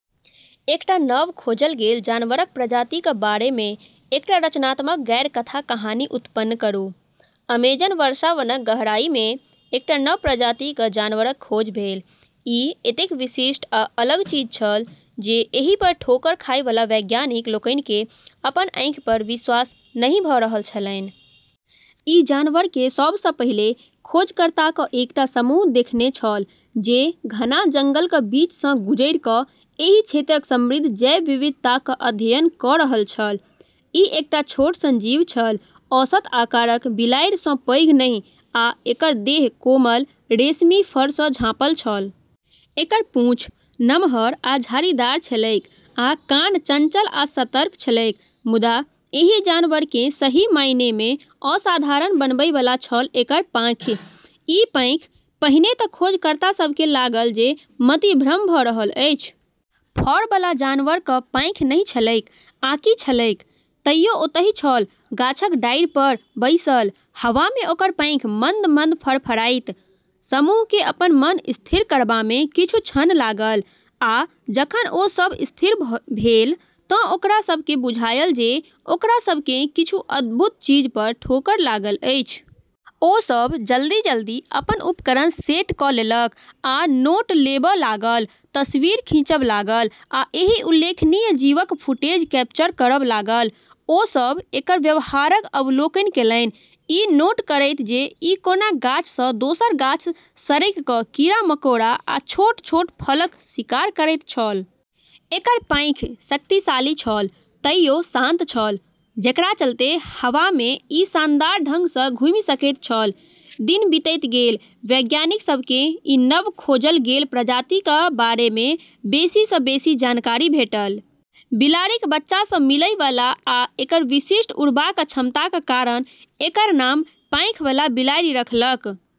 एकटा नव खोजल गेल जानवरक प्रजातिक बारेमे एकटा रचनात्मक गैर-कथा कहानी उत्पन्न करू। अमेजन वर्षावनक गहराईमे एकटा नव प्रजातिक जानवरक खोज भेल। ई एतेक विशिष्ट आ अलग चीज छल, जे एहि पर ठोकर खाय वाला वैज्ञानिक लोकनि केँ अपन आँखि पर विश्वास नहि भ’ रहल छलनि। ई जानवरकेँ सभ सँ पहिले खोजकर्ताक एकटा समूह देखने छल जे घना जंगलक बीच सँ गुजरि क’ एहि क्षेत्रक समृद्ध जैव विविधताक अध्ययन क’ रहल छल। ई एकटा छोट सन जीव छल, औसत आकारक बिलाड़ि सँ पैघ नहि, आ एकर देह कोमल, रेशमी फर सँ झाँपल छल। एकर पूँछ नमहर आ झाड़ीदार छलैक आ कान चंचल आ सतर्क छलैक। मुदा एहि जानवरकेँ सही मायनेमे असाधारण बनबै बला छल एकर पाँखि। हँ, पाँखि! पहिने तँ खोजकर्ता सभकेँ लागल जे मतिभ्रम भ’ रहल अछि। फर बला जानवरक पाँखि नहि छलैक, आकि छलैक? तइयो ओतहि छल, गाछक डारि पर बैसल, हवामे ओकर पाँखि मंद-मंद फड़फड़ाइत। समूहकेँ अपन मन स्थिर करबामे किछु क्षण लागल, आ जखन ओ सभ स्थिर भेल तँ ओकरा सभकेँ बुझायल जे ओकरा सभकेँ किछु अद्भुत चीज पर ठोकर लागल अछि। ओ सभ जल्दी-जल्दी अपन उपकरण सेट क’ लेलक, आ नोट लेब’ लागल, तस्वीर खींचब’ लागल, आ एहि उल्लेखनीय जीवक फुटेज कैप्चर करब’ लागल। ओ सभ एकर व्यवहारक अवलोकन केलनि, ई नोट करैत जे ई कोना गाछ सँ दोसर गाछ सरकि क’ कीड़ा-मकोड़ा आ छोट-छोट फलक शिकार करैत छल। एकर पाँखि शक्तिशाली छल, तइयो शांत छल, जेकरा चलते हवामे ई शानदार ढंग सँ घूमि सकैत छल। दिन बीतैत गेल, वैज्ञानिक सभकेँ ई नव खोजल गेल प्रजातिक बारेमे बेसी सँ बेसी जानकारी भेटल। बिलाड़िक बच्चा सँ मिलै वाला आ एकर विशिष्ट उड़बाक क्षमताक कारण एकर नाम "पाँखि बला बिलाड़ि" रखलक।